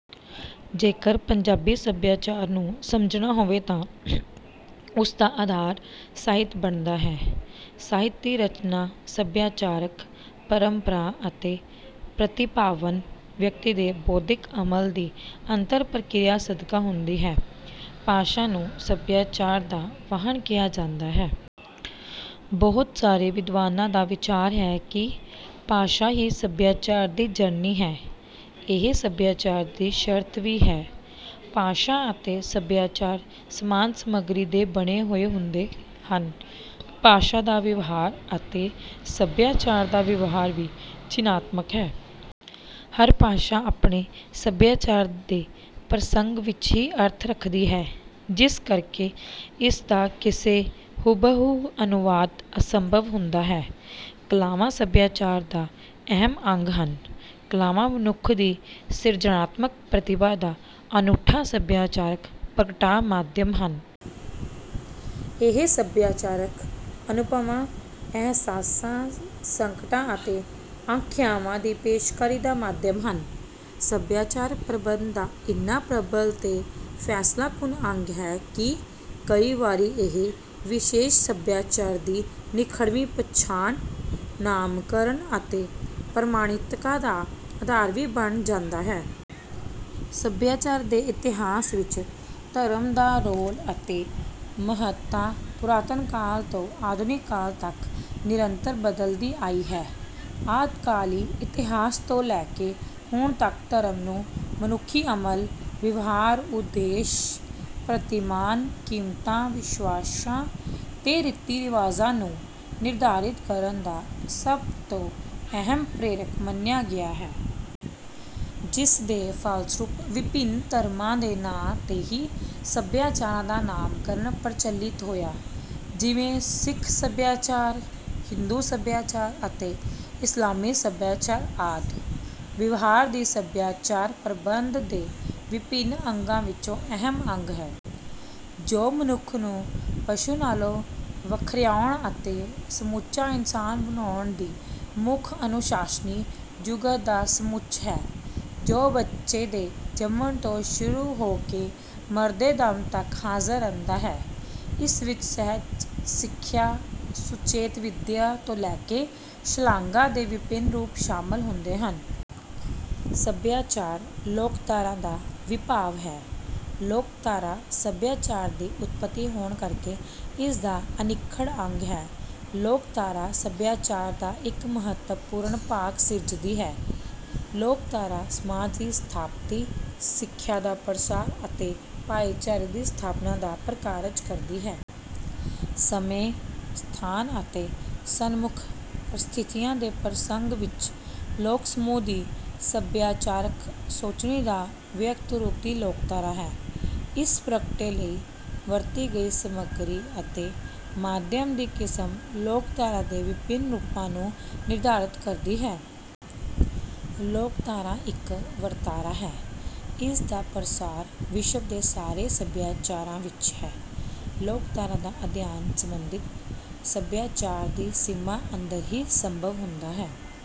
ਜੇਕਰ ਪੰਜਾਬੀ ਸਭਿਆਚਾਰ ਨੂੰ ਸਮਝਣਾ ਹੋਵੇ ਤਾਂ ਉਸ ਦਾ ਆਧਾਰ ਸਾਹਿਤ ਬਣਦਾ ਹੈ। ਸਾਹਿਤ ਦੀ ਰਚਨਾ ਸਭਿਆਚਾਰਕ ਪਰੰਪਰਾ ਅਤੇ ਪ੍ਰਤਿਭਾਵਾਨ ਵਿਅਕਤੀ ਦੇ ਬੋਧਿਕ ਅਮਲ ਦੀ ਅੰਤਰ ਪ੍ਰਕਿਰਿਆ ਸਦਕਾ ਹੁੰਦੀ ਹੈ। ਭਾਸ਼ਾ ਨੂੰ ਸਭਿਆਚਾਰ ਦਾ ਵਾਹਣ ਕਿਹਾ ਜਾਂਦਾ ਹੈ। ਬਹੁਤ ਸਾਰੇ ਵਿਦਵਾਨਾਂ ਦਾ ਵਿਚਾਰ ਹੈ ਕਿ ਭਾਸ਼ਾ ਹੀ ਸਭਿਆਚਾਰ ਦੀ ਜਣਨੀ ਹੈ। ਇਹ ਸਭਿਆਚਾਰ ਦੀ ਸ਼ਰਤ ਵੀ ਹੈ। ਭਾਸ਼ਾ ਅਤੇ ਸਭਿਆਚਾਰ ਸਮਾਨ ਸਮੱਗਰੀ ਦੇ ਬਣੇ ਹੋਏ ਹੁੰਦੇ ਹਨ। ਭਾਸ਼ਾ ਦਾ ਵਿਵਹਾਰ ਅਤੇ ਸਭਿਆਚਾਰ ਦਾ ਵਿਵਹਾਰ ਵੀ ਚਿੰਨ੍ਹਾਤਮਕ ਹੈ। ਹਰ ਭਾਸ਼ਾ ਆਪਣੇ ਸਭਿਆਚਾਰ ਦੇ ਪ੍ਰਸੰਗ ਵਿੱਚ ਹੀ ਅਰਥ ਰੱਖਦੀ ਹੈ ਜਿਸ ਕਰਕੇ ਇਸ ਦਾ ਕਿਸੇ ਹੂ-ਬ-ਹੂ ਅਨੁਵਾਦ ਅਸੰਭਵ ਹੁੰਦਾ ਹੈ। ਕਲਾਵਾਂ ਸਭਿਆਚਾਰ ਦਾ ਅਹਿਮ ਅੰਗ ਹਨ। ਕਲਾਵਾਂ ਮਨੁੱਖ ਦੀ ਸਿਰਜਣਾਤਮਕ ਪ੍ਰਤਿਭਾ ਦਾ ਅਨੂਠਾ ਸਭਿਆਚਾਰਕ ਪ੍ਰਗਟਾ-ਮਾਧਿਅਮ ਹਨ। ਇਹ ਸਭਿਆਚਾਰਕ ਅਨੁਭਵਾਂ, ਅਹਿਸਾਸਾਂ, ਸੰਕਟਾਂ ਅਤੇ ਆਕਾਂਖਿਆਵਾਂ ਦੀ ਪੇਸ਼ਕਾਰੀ ਦਾ ਮਾਧਿਅਮ ਹਨ। ਸਭਿਆਚਾਰ ਪ੍ਰਬੰਧ ਦਾ ਇੰਨਾ ਪ੍ਰਬਲ ਤੇ ਫੈਸਲਾਕੁਨ ਅੰਗ ਹੈ ਕਿ ਕਈ ਵਾਰੀ ਇਹ ਵਿਸ਼ੇਸ਼ ਸਭਿਆਚਾਰ ਦੀ ਨਿਖੜਵੀ ਪਛਾਣ, ਨਾਮਕਰਣ ਅਤੇ ਪ੍ਰਮਾਣਿਕਤਾ ਦਾ ਆਧਾਰ ਵੀ ਬਣ ਜਾਂਦਾ ਹੈ। ਸਭਿਆਚਾਰ ਦੇ ਇਤਿਹਾਸ ਵਿੱਚ ਧਰਮ ਦਾ ਰੋਲ ਅਤੇ ਮਹੱਤਤਾ ਪੁਰਾਤਨ ਕਾਲ ਤੋਂ ਆਧੁਨਿਕ ਕਾਲ ਤੱਕ ਨਿਰੰਤਰ ਬਦਲਦੀ ਆਈ ਹੈ। ਆਦਿ-ਕਾਲੀ ਇਤਿਹਾਸ ਤੋਂ ਲੈ ਕੇ ਹੁਣ ਤੱਕ ਧਰਮ ਨੂੰ ਮਨੁੱਖੀ ਅਮਲ, ਵਿਵਹਾਰ, ਉਦੇਸ਼, ਪ੍ਰਤਿਮਾਨ, ਕੀਮਤਾਂ, ਵਿਸ਼ਵਾਸਾਂ ਤੇ ਰੀਤੀ-ਰਿਵਾਜਾਂ ਨੂੰ ਨਿਰਧਾਰਿਤ ਕਰਨ ਦਾ ਸਭ ਤੋਂ ਅਹਿਮ ਪ੍ਰੇਰਕ ਮੰਨਿਆ ਗਿਆ ਹੈ। ਜਿਸਦੇ ਫਲਸਰੂਪ ਵਿਭਿੰਨ ਧਰਮਾਂ ਦੇ ਨਾਂ 'ਤੇ ਹੀ ਸਭਿਆਚਾਰਾਂ ਦਾ ਨਾਮਕਰਣ ਪ੍ਰਚਲਿਤ ਹੋਇਆ ਜਿਵੇਂ ਸਿੱਖ ਸਭਿਆਚਾਰ, ਹਿੰਦੂ ਸਭਿਆਚਾਰ ਅਤੇ ਇਸਲਾਮੀ ਸਭਿਆਚਾਰ ਆਦਿ। ਵਿਵਹਾਰ ਵੀ ਸਭਿਆਚਾਰ ਪ੍ਰਬੰਧ ਦੇ ਵਿਭਿੰਨ ਅੰਗਾਂ ਵਿਚੋਂ ਅਹਿਮ ਅੰਗ ਹੈ। ਜੋ ਮਨੁੱਖ ਨੂੰ ਪਸ਼ੂ ਨਾਲੋਂ ਵਖਰਿਆਉਣ ਅਤੇ ਸਮੁੱਚਾ ਇਨਸਾਨ ਬਣਾਉਣ ਦੀ ਮੁੱਖ ਅਨੁਸ਼ਾਸਨੀ-ਜੁਗਤ ਦਾ ਸਮੁੱਚ ਹੈ। ਜੋ ਬੱਚੇ ਦੇ ਜੰਮਣ ਤੋਂ ਸ਼ੁਰੂ ਹੋ ਕੇ ਮਰਦੇ ਦਮ ਤੱਕ ਹਾਜ਼ਰ ਰਹਿੰਦਾ ਹੈ। ਇਸ ਵਿੱਚ ਸਹਿਜ ਸਿਖਿਆ, ਸੁਚੇਤ ਵਿਦਿਆ ਤੋਂ ਲੈ ਕੇ ਸ਼ਲਾਘਾ ਦੇ ਵਿਭਿੰਨ ਰੂਪ ਸ਼ਾਮਲ ਹੁੰਦੇ ਹਨ। ਸਭਿਆਚਾਰ ਲੋਕਧਾਰਾ ਦਾ ਵਿਭਾਵ ਹੈ। ਲੋਕਧਾਰਾ ਸਭਿਆਚਾਰ ਦੀ ਉਤਪਤੀ ਹੋਣ ਕਰਕੇ ਇਸ ਦਾ ਅਨਿੱਖੜ ਅੰਗ ਹੈ। ਲੋਕਧਾਰਾ ਸਭਿਆਚਾਰ ਦਾ ਇੱਕ ਮਹੱਤਵਪੂਰਨ ਭਾਗ ਸਿਰਜਦੀ ਹੈ। ਲੋਕਧਾਰਾ ਸਮਾਜ ਦੀ ਸਥਾਪਤੀ, ਸਿੱਖਿਆ ਦਾ ਪ੍ਰਸਾਰ ਅਤੇ ਭਾਈਚਾਰੇ ਦੀ ਸਥਾਪਨਾ ਦਾ ਪ੍ਰਕਾਰਜ ਕਰਦੀ ਹੈ। ਸਮੇਂ, ਸਥਾਨ ਅਤੇ ਸਨਮੁੱਖ ਪਰਿਸਥਿਤੀਆਂ ਦੇ ਪ੍ਰਸੰਗ ਵਿੱਚ ਲੋਕ-ਸਮੂਹ ਦੀ ਸਭਿਆਚਾਰਕ ਸੋਚਣੀ ਦਾ ਵਿਅਕਤ ਰੂਪ ਹੀ ਲੋਕਧਾਰਾ ਹੈ। ਇਸ ਪ੍ਰਗਟੇ ਲਈ ਵਰਤੀ ਗਈ ਸਮੱਗਰੀ ਅਤੇ ਮਾਧਿਅਮ ਦੀ ਕਿਸਮ ਲੋਕਧਾਰਾ ਦੇ ਵਿਭਿੰਨ ਰੂਪਾਂ ਨੂੰ ਨਿਰਧਾਰਤ ਕਰਦੀ ਹੈ। ਲੋਕਧਾਰਾ ਇੱਕ ਵਰਤਾਰਾ ਹੈ। ਇਸ ਦਾ ਪ੍ਰਸਾਰ ਵਿਸ਼ਵ ਦੇ ਸਾਰੇ ਸਭਿਆਚਾਰਾਂ ਵਿੱਚ ਹੈ। ਲੋਕਧਾਰਾ ਦਾ ਅਧਿਐਨ ਸੰਬੰਧਤ ਸਭਿਆਚਾਰ ਦੀ ਸੀਮਾ ਅੰਦਰ ਹੀ ਸੰਭਵ ਹੁੰਦਾ ਹੈ।